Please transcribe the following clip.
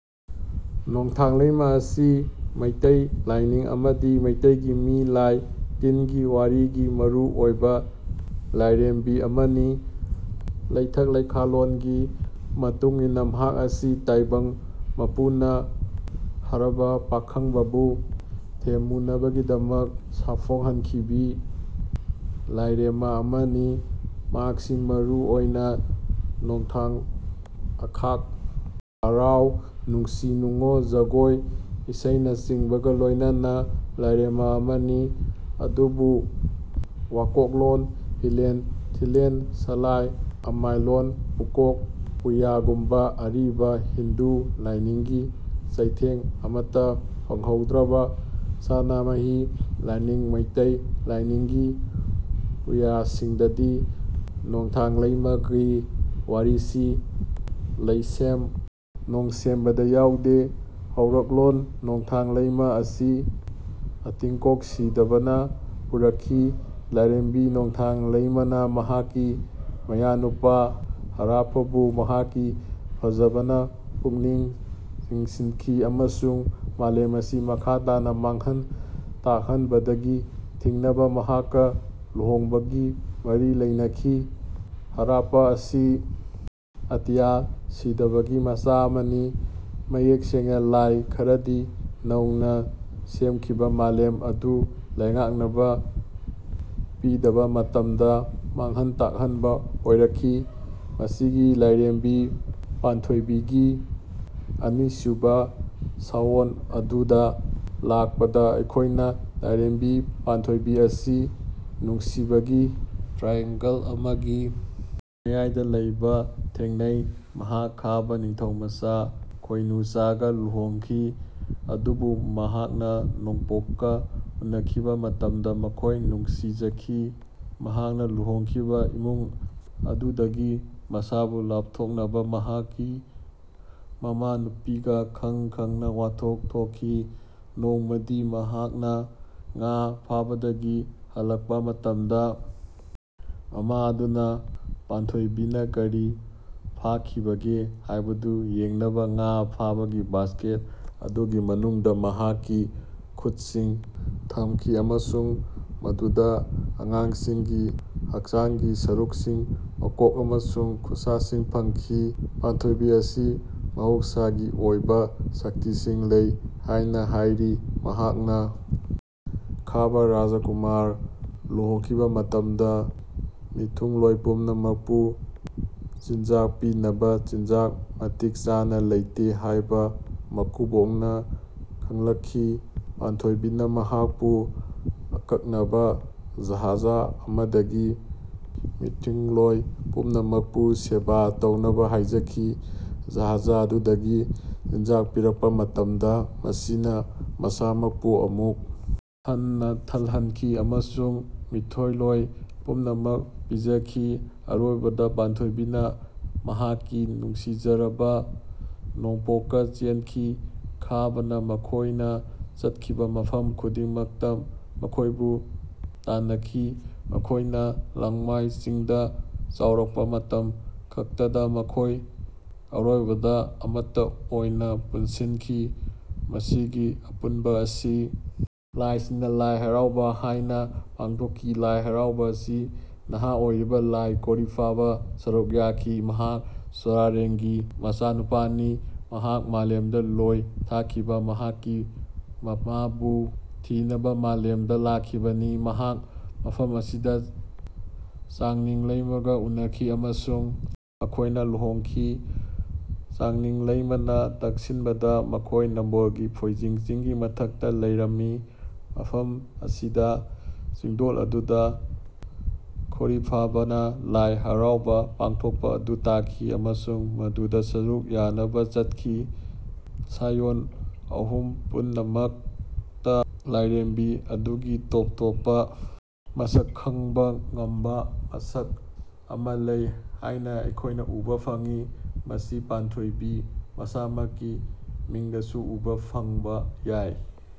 ꯅꯣꯡꯊꯥꯡ ꯂꯩꯃ ꯑꯁꯤ ꯃꯩꯇꯩ ꯂꯥꯢꯅꯤꯡ ꯑꯃꯗꯤ ꯃꯩꯇꯩꯒꯤ ꯃꯤ ꯂꯥꯢ ꯇꯤꯟꯒꯤ ꯋꯥꯔꯤꯒꯤ ꯃꯔꯨ ꯑꯣꯢꯕ ꯂꯥꯢꯔꯦꯝꯕꯤ ꯑꯃꯅꯤ꯫ ꯂꯩꯊꯛ ꯂꯩꯈꯥꯂꯣꯜꯒꯤ ꯃꯇꯨꯡꯏꯟꯅ ꯃꯍꯥꯛ ꯑꯁꯤ ꯇꯥꯢꯕꯪ ꯃꯄꯨꯅ ꯍꯔꯥꯕ ꯄꯥꯈꯪꯕꯕꯨ ꯊꯦꯝꯃꯨꯅꯕꯒꯤꯗꯃꯛ ꯁꯥꯐꯣꯡꯍꯟꯈꯤꯕꯤ ꯂꯥꯢꯔꯦꯝꯃ ꯑꯃꯅꯤ꯫ ꯃꯍꯥꯛꯁꯤ ꯃꯔꯨ ꯑꯣꯢꯅ ꯅꯣꯡꯊꯥꯡ ꯑꯈꯥꯛ ꯑꯔꯥꯎ ꯅꯨꯡꯁꯤ ꯅꯨꯉꯣꯜ ꯖꯒꯣꯢ ꯏꯁꯩꯅꯆꯤꯡꯕꯒ ꯂꯣꯢꯅꯕ ꯂꯥꯢꯔꯦꯝꯃ ꯑꯃꯅꯤ꯫ ꯑꯗꯨꯕꯨ ꯋꯥꯀꯣꯛꯂꯣꯟ ꯍꯤꯂꯦꯜ ꯊꯤꯂꯦꯜ ꯁꯂꯥꯏ ꯑꯃꯥꯏꯂꯣꯟ ꯄꯨꯀꯣꯛ ꯄꯨꯌꯥꯒꯨꯝꯕ ꯑꯔꯤꯕ ꯍꯤꯟꯗꯨ ꯂꯥꯢꯅꯤꯡꯒꯤ ꯆꯩꯊꯦꯡ ꯑꯃꯇ ꯐꯪꯍꯧꯗ꯭ꯔꯕ ꯁꯅꯥꯃꯍꯤ ꯂꯥꯏꯅꯤꯡ ꯃꯤꯇꯩ ꯂꯥꯢꯅꯤꯡ ꯒꯤ ꯄꯨꯌꯥꯁꯤꯡꯗꯗꯤ ꯅꯣꯡꯊꯥꯡ ꯂꯩꯃ ꯒꯤ ꯋꯥꯔꯤꯁꯤ ꯂꯩꯁꯦꯝ ꯅꯣꯡꯁꯦꯝꯕꯗ ꯌꯥꯎꯗꯦ꯫ ꯍꯧꯔꯛꯂꯣꯟ ꯅꯣꯡꯊꯥꯡ ꯂꯩꯃ ꯑꯁꯤ ꯑꯇꯤꯡꯀꯣꯛ ꯁꯤꯗꯕꯅ ꯄꯨꯔꯛꯈꯤ꯫ ꯂꯥꯏꯔꯦꯝꯕꯤ ꯅꯣꯡꯊꯥꯡ ꯂꯩꯃꯥꯅ ꯃꯍꯥꯛꯀꯤ ꯃꯌꯥꯅꯨꯄꯥ ꯍꯔꯥꯄꯥꯕꯨ ꯃꯍꯥꯛꯀꯤ ꯐꯖꯕꯅ ꯄꯨꯛꯅꯤꯡ ꯆꯤꯡꯁꯤꯟꯈꯤ ꯑꯃꯁꯨꯡ ꯃꯥꯂꯦꯝ ꯑꯁꯤ ꯃꯈꯥ ꯇꯥꯅ ꯃꯥꯡꯍꯟ ꯇꯥꯛꯍꯟꯕꯗꯒꯤ ꯊꯤꯡꯅꯕ ꯃꯍꯥꯛꯀ ꯂꯨꯍꯣꯡꯕꯒꯤ ꯃꯔꯤ ꯂꯩꯅꯈꯤ꯫ ꯍꯔꯥꯄꯥ ꯑꯁꯤ ꯑꯇꯤꯌꯥ ꯁꯤꯗꯥꯕꯥꯒꯤ ꯃꯆꯥ ꯑꯃꯅꯤ꯫ ꯃꯌꯦꯛ ꯁꯦꯡꯅ ꯂꯥꯏ ꯈꯔꯗꯤ ꯅꯧꯅ ꯁꯦꯝꯈꯤꯕ ꯃꯥꯂꯦꯝ ꯑꯗꯨ ꯂꯩꯉꯥꯛꯅꯕ ꯄꯤꯗꯕ ꯃꯇꯝꯗ ꯃꯥꯡꯍꯟ ꯇꯥꯛꯍꯟꯕ ꯑꯣꯏꯔꯛꯈꯤ꯫ ꯃꯁꯤꯒꯤ ꯂꯥꯏꯔꯦꯝꯕꯤ ꯄꯥꯟꯊꯣꯏꯕꯤ ꯒꯤ ꯑꯅꯤꯁꯨꯕ ꯁꯥꯑꯣꯟ ꯑꯗꯨꯗ ꯂꯥꯛꯄꯗ ꯑꯩꯈꯣꯏꯅ ꯂꯥꯏꯔꯦꯝꯕꯤ ꯄꯥꯟꯊꯣꯏꯕꯤ ꯑꯁꯤ ꯅꯨꯡꯁꯤꯕꯒꯤ ꯇ꯭ꯔꯥꯏꯑꯦꯡꯒꯜ ꯑꯃꯒꯤ ꯃꯌꯥꯏꯗ ꯂꯩꯕ ꯊꯦꯡꯅꯩ꯫ ꯃꯍꯥꯛ ꯈꯥꯕꯥ ꯅꯤꯡꯊꯧꯃꯆꯥ ꯈꯣꯏꯅꯨꯆꯥꯒ ꯂꯨꯍꯣꯡꯈꯤ꯫ ꯑꯗꯨꯕꯨ ꯃꯍꯥꯛꯅ ꯅꯣꯡꯄꯣꯛꯀ ꯎꯅꯈꯤꯕ ꯃꯇꯝꯗ ꯃꯈꯣꯏ ꯅꯨꯡꯁꯤꯖꯈꯤ꯫ ꯃꯍꯥꯛꯅ ꯂꯨꯍꯣꯡꯈꯤꯕ ꯏꯃꯨꯡ ꯑꯗꯨꯗꯒꯤ ꯃꯁꯥꯕꯨ ꯂꯥꯞꯊꯣꯛꯅꯕ ꯃꯍꯥꯛꯀꯤ ꯃꯃꯥꯅꯨꯄꯤꯒ ꯈꯪ ꯈꯪꯅ ꯋꯥꯊꯣꯛ ꯊꯣꯛꯈꯤ꯫ ꯅꯣꯡꯃꯗꯤ ꯃꯍꯥꯛꯅ ꯉꯥ ꯐꯥꯕꯗꯒꯤ ꯍꯜꯂꯛꯄ ꯃꯇꯝꯗ ꯃꯃꯥ ꯑꯗꯨꯅ ꯄꯥꯟꯊꯣꯏꯕꯤꯅ ꯀꯔꯤ ꯐꯥꯈꯤꯕꯒꯦ ꯍꯥꯏꯕꯗꯨ ꯌꯦꯡꯅꯕ ꯉꯥ ꯐꯥꯕꯒꯤ ꯕꯥꯁꯀꯦꯠ ꯑꯗꯨꯒꯤ ꯃꯅꯨꯡꯗ ꯃꯍꯥꯛꯀꯤ ꯈꯨꯠꯁꯤꯡ ꯊꯝꯈꯤ ꯑꯃꯁꯨꯡ ꯃꯗꯨꯗ ꯑꯉꯥꯡꯁꯤꯡꯒꯤ ꯍꯛꯆꯥꯡꯒꯤ ꯁꯔꯨꯛꯁꯤꯡ ꯃꯀꯣꯛ ꯑꯃꯁꯨꯡ ꯈꯨꯠꯁꯥꯁꯤꯡ ꯐꯪꯈꯤ꯫ ꯄꯥꯟꯊꯣꯏꯕꯤ ꯑꯁꯤ ꯃꯍꯧꯁꯥꯒꯤ ꯑꯣꯏꯕ ꯁꯛꯇꯤꯁꯤꯡ ꯂꯩ ꯍꯥꯏꯅ ꯍꯥꯏꯔꯤ꯫ ꯃꯍꯥꯛꯅ ꯈꯥꯕꯥ ꯔꯥꯖꯀꯨꯃꯥꯔꯒ ꯂꯨꯍꯣꯡꯈꯤꯕ ꯃꯇꯝꯗ ꯃꯤꯊꯨꯡꯂꯣꯏ ꯄꯨꯝꯅꯃꯛꯄꯨ ꯆꯤꯟꯖꯥꯛ ꯄꯤꯅꯕ ꯆꯤꯟꯖꯥꯛ ꯃꯇꯤꯛ ꯆꯥꯅ ꯂꯩꯇꯦ ꯍꯥꯏꯕ ꯃꯀꯨꯕꯣꯛꯅ ꯈꯪꯂꯛꯈꯤ꯫ ꯄꯥꯟꯊꯣꯏꯕꯤꯅ ꯃꯍꯥꯛꯄꯨ ꯑꯀꯛꯅꯕ ꯖꯍꯥꯖ ꯑꯃꯗꯒꯤ ꯃꯤꯊꯨꯡꯂꯣꯏ ꯄꯨꯝꯅꯃꯛꯄꯨ ꯁꯦꯕꯥ ꯇꯧꯅꯕ ꯍꯥꯏꯖꯈꯤ꯫ ꯖꯍꯥꯖ ꯑꯗꯨꯗꯒꯤ ꯆꯤꯟꯖꯥꯛ ꯄꯤꯔꯛꯄ ꯃꯇꯝꯗ ꯃꯁꯤꯅ ꯃꯁꯥꯃꯛꯄꯨ ꯑꯃꯨꯛ ꯍꯟꯅ ꯊꯜꯍꯟꯈꯤ ꯑꯃꯁꯨꯡ ꯃꯤꯊꯨꯡꯂꯣꯏ ꯄꯨꯝꯅꯃꯛ ꯄꯤꯖꯈꯤ꯫ ꯑꯔꯣꯏꯕꯗ ꯄꯥꯟꯊꯣꯏꯕꯤꯅ ꯃꯍꯥꯛꯀꯤ ꯅꯨꯡꯁꯤꯖꯔꯕ ꯅꯣꯡꯄꯣꯛꯀ ꯆꯦꯟꯈꯤ꯫ ꯈꯥꯕꯥꯅ ꯃꯈꯣꯏꯅ ꯆꯠꯈꯤꯕ ꯃꯐꯝ ꯈꯨꯗꯤꯡꯃꯛꯇ ꯃꯈꯣꯏꯕꯨ ꯇꯥꯟꯅꯈꯤ꯫ ꯃꯈꯣꯏꯅ ꯂꯥꯡꯃꯥꯏ ꯆꯤꯡꯗ ꯌꯧꯔꯛꯄ ꯃꯇꯝ ꯈꯛꯇꯗ ꯃꯈꯣꯏ ꯑꯔꯣꯏꯕꯗ ꯑꯃꯠꯇ ꯑꯣꯏꯅ ꯄꯨꯟꯁꯤꯟꯈꯤ꯫ ꯃꯁꯤꯒꯤ ꯑꯄꯨꯟꯕ ꯑꯁꯤ ꯂꯥꯏꯁꯤꯡꯅ ꯂꯥꯏ ꯍꯔꯥꯎꯕꯥ ꯍꯥꯏꯅ ꯄꯥꯡꯊꯣꯛꯈꯤ꯫ ꯂꯥꯏ ꯍꯔꯥꯎꯕꯥ ꯑꯁꯤ ꯅꯍꯥ ꯑꯣꯏꯔꯤꯕ ꯂꯥꯏ ꯈꯣꯔꯤꯐꯥꯕꯥꯅ ꯁꯔꯨꯛ ꯌꯥꯈꯤ꯫ ꯃꯍꯥꯛ ꯁꯣꯔꯥꯔꯦꯟꯒꯤ ꯃꯆꯥꯅꯨꯄꯥꯅꯤ꯫ ꯃꯍꯥꯛ ꯃꯥꯂꯦꯝꯗ ꯂꯣꯏ ꯊꯥꯈꯤꯕ ꯃꯍꯥꯛꯀꯤ ꯃꯃꯥꯕꯨ ꯊꯤꯅꯕ ꯃꯥꯂꯦꯝꯗ ꯂꯥꯛꯈꯤꯕꯅꯤ꯫ ꯃꯍꯥꯛ ꯃꯐꯝ ꯑꯁꯤꯗ ꯆꯥꯡꯅꯤꯡ ꯂꯩꯃꯥꯒ ꯎꯅꯈꯤ ꯑꯃꯁꯨꯡ ꯃꯈꯣꯏꯅ ꯂꯨꯍꯣꯡꯈꯤ꯫ ꯆꯥꯡꯅꯤꯡ ꯂꯩꯃꯥꯅ ꯇꯛꯁꯤꯟꯕꯗ ꯃꯈꯣꯏ ꯅꯥꯝꯕꯣꯜꯒꯤ ꯐꯣꯏꯖꯤꯡ ꯆꯤꯡꯒꯤ ꯃꯊꯛꯇ ꯂꯩꯔꯝꯃꯤ꯫ ꯃꯐꯝ ꯑꯁꯤꯗ ꯆꯤꯡꯗꯣꯜ ꯑꯗꯨꯗ ꯈꯣꯔꯤꯐꯥꯕꯥꯅ ꯂꯥꯏ ꯍꯔꯥꯎꯕꯥ ꯄꯥꯡꯊꯣꯛꯄ ꯑꯗꯨ ꯇꯥꯈꯤ ꯑꯃꯁꯨꯡ ꯃꯗꯨꯗ ꯁꯔꯨꯛ ꯌꯥꯅꯕ ꯆꯠꯈꯤ꯫ ꯁꯥꯏꯑꯣꯟ ꯑꯍꯨꯝ ꯄꯨꯝꯅꯃꯛꯇ ꯂꯥꯏꯔꯦꯝꯕꯤ ꯑꯗꯨꯒꯤ ꯇꯣꯞ ꯇꯣꯞꯄ ꯃꯁꯛ ꯈꯪꯕ ꯉꯝꯕ ꯃꯁꯛ ꯑꯃ ꯂꯩ ꯍꯥꯏꯅ ꯑꯩꯈꯣꯏꯅ ꯎꯕ ꯐꯪꯏ꯫ ꯃꯁꯤ ꯄꯥꯟꯊꯣꯏꯕꯤ ꯃꯁꯥꯃꯛꯀꯤ ꯃꯤꯡꯗꯁꯨ ꯎꯕ ꯐꯪꯕ ꯌꯥꯏ꯫